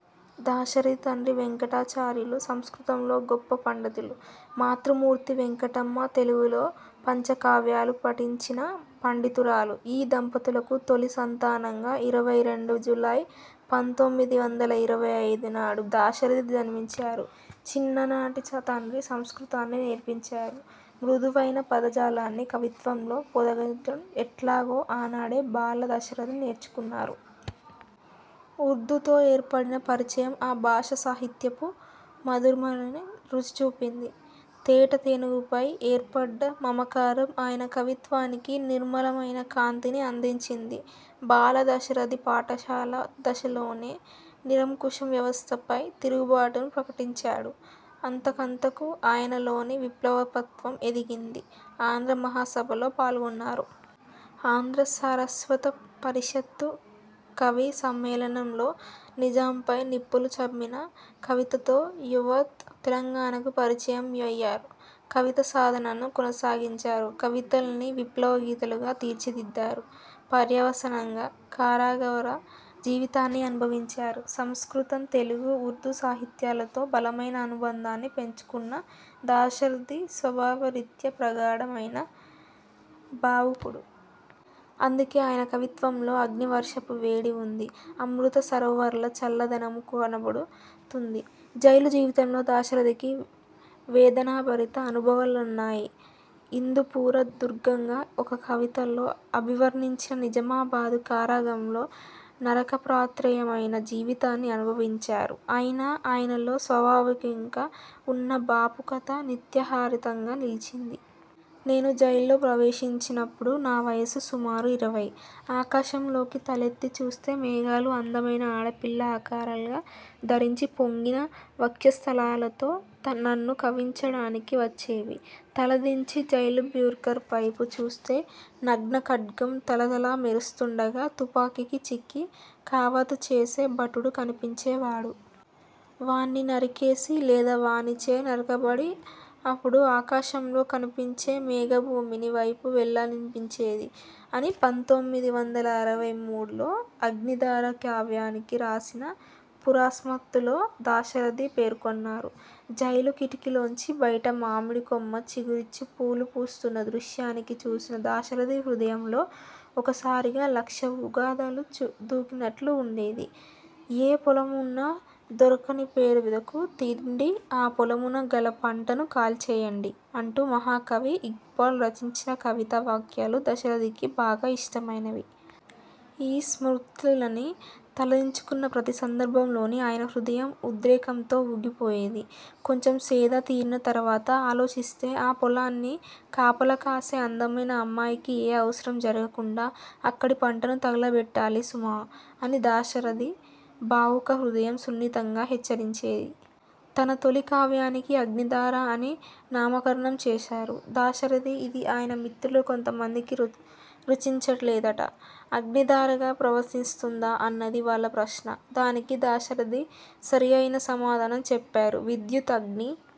దాశరథి తండ్రి వేంకటాచార్యులు. సంస్కృతంలో గొప్ప పండితులు. మాతృమూర్తి వేంకటమ్మ. తెలుగులో పంచకావ్యాలు పఠించిన పండితురాలు. ఈ దంపతులకు తొలి సంతానంగా ఇరవై రెండు జూలై పంతోమిది వందల ఇరవై ఐదు నాడు దాశరథి జన్మిం చారు. చిన్ననాడు తండ్రి సంస్కృతాన్ని నేర్పించారు. మృదు వైన పదజాలాన్ని కవిత్వంలో పొదగడం ఎట్లాగో ఆనాడే బాల దాశరథి నేర్చుకున్నారు. ఉర్దూతో ఏర్పడిన పరిచయం ఆ భాషా సాహిత్యపు మధురిమల్ని రుచి చూపింది. తేట తెనుగుపై ఏర్పడ్డ మమకారం ఆయన కవిత్వానికి నిర్మల మైన కాంతిని అందించింది. బాల దాశరథి పాఠశాల దశలోనే నిరంకుశ వ్యవస్థపై తిరుగుబాటును ప్రకటించాడు. అంతకంతకూ ఆయనలోని విప్లవతత్వం ఎదిగింది. ఆంధ్ర మహాసభల్లో పాల్గొన్నారు. ఆంధ్ర సారస్వత పరిషత్తు కవి సమ్మేళనం లో నిజాంపై నిప్పులు చిమ్మిన కవితతో యావత్ తెలంగాణకు పరిచయమ య్యారు. కవితా సాధనను కొనసాగించారు. కవితల్ని విప్లవ గీతికలుగా తీర్చిదిద్దారు. పర్యవసానంగా కారాగారవాస జీవితాన్ని అనుభవించారు. సంస్కృతం, తెలుగు, ఉర్దూ సాహిత్యాలతో బలమైన అనుబంధాన్ని పెంచుకున్న దాశరథి స్వభావరీత్యా ప్రగాఢ మైన భావుకుడు. అందుకే ఆయన కవిత్వంలో అగ్నివర్షపు వేడి ఉంది. అమృత సరోవరాల చల్లదనమూ కనబడు తుంది. జైలు జీవితంలో దాశరథికి వేదనాభరిత అనుభవా లున్నాయి. ఇందుపుర దుర్గంగా ఒక కవితలో అభివర్ణించిన నిజామాబాదు కారాగారంలో నరకప్రాయమైన జీవితాన్ని అనుభవించారు. అయినా ఆయనలో స్వాభావికంగా ఉన్న భావుకత నిత్యహరితంగా నిలిచింది. ''నేను జైల్లో ప్రవేశిం చినపుడు నా వయస్సు సుమారు ఇరవై. ఆకాశంలోకి తలెత్తి చూస్తే మేఘాలు అందమైన ఆడపిల్లల ఆకారాలు ధరించి పొంగిన వక్షస్థలాలతో నన్ను కవ్వించడానికి వచ్చేవి. తల దించి జైలు బ్యారక్ వైపు చూస్తే, నగ్న ఖడ్గం తళతళ మెరు స్తుండగా తుపాకీకి చిక్కి కవాతుచేసే భటుడు కనిపించే వాడు. వాణ్ణి నరికేసి, లేదా వానిచే నరకబడి అపుడు ఆకాశంలో కనిపించే మేఘభామిని వైపు వెళ్లాలనిపించేది'' అని పంతోమిది వందల అరవై మూడు లో 'అగ్నిధార' కావ్యానికి రాసిన 'పురాస్మృతు'ల్లో దాశరథి పేర్కొన్నారు. జైలు కిటికీ లోంచి బయట మామిడి కొమ్మ చిగిర్చి పూలు పూస్తున్న దృశ్యాన్ని చూసిన దాశరథి హృదయంలో ఒక్కసారిగా లక్ష ఉగాదులు దూకినట్లు ఉండేది: ''ఏ పొలమున దొరకదొ నిరుపేదకు తిండి/ ఆ పొలమున గల పంటను కాల్చే యండి'' అంటూ మహా కవి ఇక్బాల్ రచించిన కవితా వాక్యాలు దాశరథికి బాగా ఇష్టమైనవి. ఈ స్మృతుల్ని తలచుకున్న ప్రతి సందర్భంలోను ఆయన హృదయం ఉద్రేకంతో ఊగిపోయేది. కొంచెం సేద తీరిన తరువాత ఆలోచిస్తే ''ఆ పొలాన్ని కాపలాకాసే అందమైన అమ్మాయికి ఏ అపకారం జరగకుండా అక్కడి పంటను తగులబెట్టాలి సుమా! '' అని దాశ రథి భావుక హృదయం సున్నితంగా హెచ్చరించేది. తన తొలి కావ్యానికి 'అగ్నిధార' అని నామకరణం చేశారు దాశరథి. ఇది ఆయన మిత్రులు కొంతమందికి రుచించలేదట. ''అగ్ని ధారగా ప్రవహిస్తుందా? '' అన్నది వాళ్ళ ప్రశ్న. దానికి దాశరథి సరియైున సమాధానం చెప్పారు: ''విద్యుత్ అగ్ని